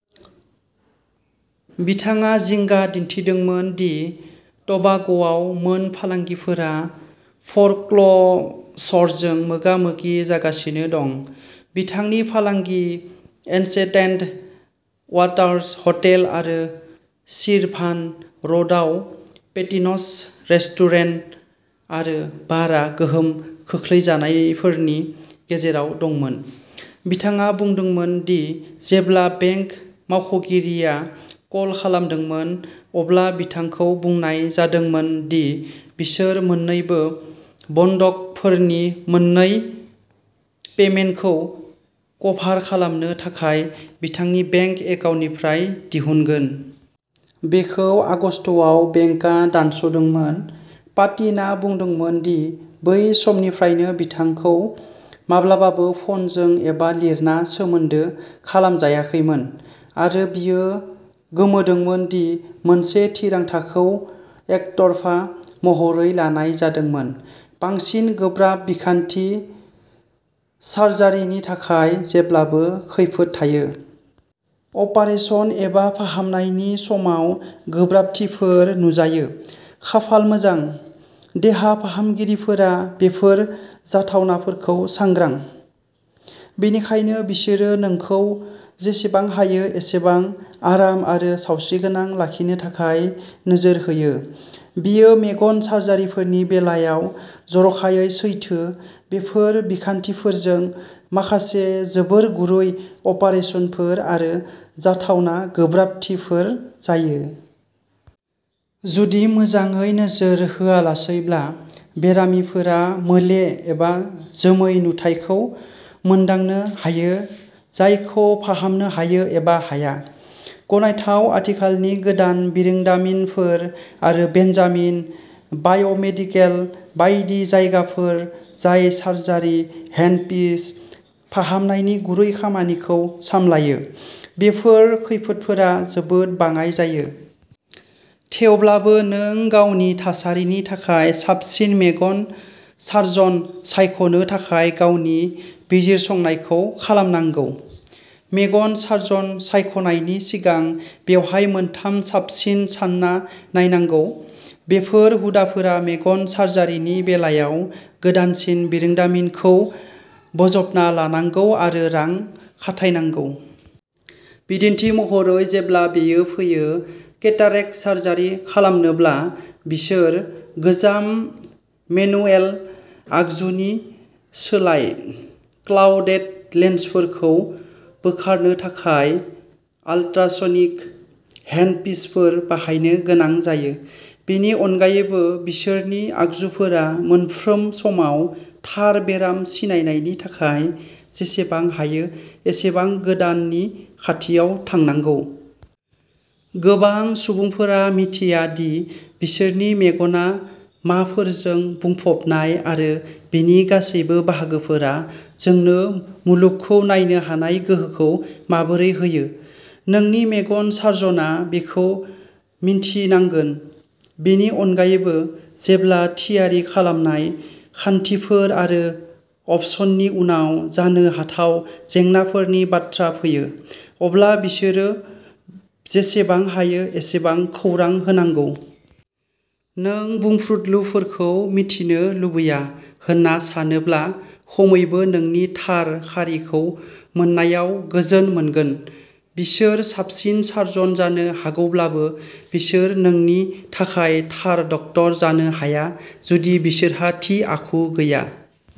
बिथाङा जिंगा दिन्थिदोंमोन दि ट'बाग'आव मोन फालांगिफोरा फ'रक्ल'सर्जों मोगा-मोगि जागासिनो दं। बिथांनि फालांगि, एनचेन्टेड वाटार्स हटेल आरो शिरभान र'डआव पेटिन'स रेस्टुरेन्ट आरो बारआ गोहोम खोख्लैजानायफोरनि गेजेराव दंमोन। बिथाङा बुंदोंमोन दि जेब्ला बेंक मावख'गिरिआ कल खालामदोंमोन अब्ला बिथांखौ बुंनाय जादोंमोन दि बिसोर मोन्नैबो बन्दकफोरनि मोननै पेमेन्टखौ कभार खालामनो थाखाय बिथांनि बेंक एकाउन्टनिफ्राय दिहुनगोन। बेखौ आगस्तआव बेंकआ दानस'दोंमोन। पाटिन'आ बुंदोंमोन दि बै समनिफ्रायनो बिथांखौ "माब्लाबाबो फ'नजों एबा लिरना सोमोन्दो खालामजायाखैमोन" आरो बियो गोमोदोंमोन दि मोनसे थिरांथाखौ "एकतरफा महरै लानाय जादोंमोन"। बांसिन गोब्राब बिखान्थि, सार्जारिनि थाखाय जेब्लाबो खैफोद थायो। अपारेसन एबा हामनायनि समाव गोब्राबथिफोर नुजायो। खाफाल मोजां, देहा फाहामगिरिफोरा बेफोर जाथावनाफोरखौ सांग्रां, बेनिखायनो बिसोरो नोंखौ जेसेबां हायो एसेबां आराम आरो सावस्रिगोनां लाखिनो थाखाय नोजोर होयो। बेयो मेगन सार्जारिफोरनि बेलायाव जर'खायै सैथो। बेफोर बिखान्थिफोरजों माखासे जोबोर गुरै अपारेसनफोर आरो जाथावना गोब्राबथिफोर जायो। जुदि मोजाङै नोजोर होआलासैब्ला, बेरामिफोरा मोले एबा जोमै नुथायखौ मोनदांनो हायो जायखौ फाहामनो हायो एबा हाया। गनायथाव, आथिखालनि गोदान बिरोंदामिनफोर आरो बेनजामिन बायोमेडिकेल बायदि जायगाफोर जाय सार्जारि हेन्डपिस फाहामनायनि गुरै खामानिखौ सामलायो, बेफोर खैफोदफोरा जोबोद बाङाइ जायो। थेवब्लाबो, नों गावनि थासारिनि थाखाय साबसिन मेगन सार्जन सायख'नो थाखाय गावनि बिजिरसंनायखौ खालामनांगौ। मेगन सार्जन सायख'नायनि सिगां बेवहाय मोनथाम साबसिन सान्ना नायनांगौ। बेफोर हुदाफोरा मेगन सार्जारिनि बेलायाव गोदानसिन बिरोंदामिनखौ बोजबना लानांगौ आरो रां खाथायनांगौ। बिदिन्थि महरै, जेब्ला बेयो फैयो। केटारेक्ट सार्जारि खालामनोब्ला, बिसोर गोजाम मेनुएल आगजुनि सोलाय क्लाउडेड लेन्सफोरखौ बोखारनो थाखाय आल्ट्रासनिक हेन्डपिसफोर बाहायनो गोनां जायो। बेनि अनगायैबो, बिसोरनि आगजुफोरा मोनफ्रोम समाव थार बेराम सिनायनायनि थाखाय जेसेबां हायो एसेबां गोदाननि खाथियाव थानांगौ। गोबां सुबुंफोरा मिथिया दि बिसोरनि मेगना माफोरजों बुंफबनाय आरो बेनि गासैबो बाहागोफोरा जोंनो मुलुगखौ नायनो हानाय गोहोखौ माबोरै होयो। नोंनि मेगन सार्जनआ बेखौ मिन्थिनांगोन। बेनि अनगायैबो, जेब्ला थियारि खालामनाय, खान्थिफोर आरो अपसननि उनाव जानो हाथाव जेंनाफोरनि बाथ्रा फैयो, अब्ला बिसोरो जेसेबां हायो एसेबां खौरां होनांगौ। नों बुंफ्रुदलुफोरखौ मिथिनो लुबैया होनना सानोब्ला, खमैबो नोंनि थार खारिखौ मोननायाव गोजोन मोनगोन। बिसोर साबसिन सार्जन जानो हागौब्लाबो, बिसोर नोंनि थाखाय थार डक्टर जानो हाया जुदि बिसोरहा थि आखु गैया।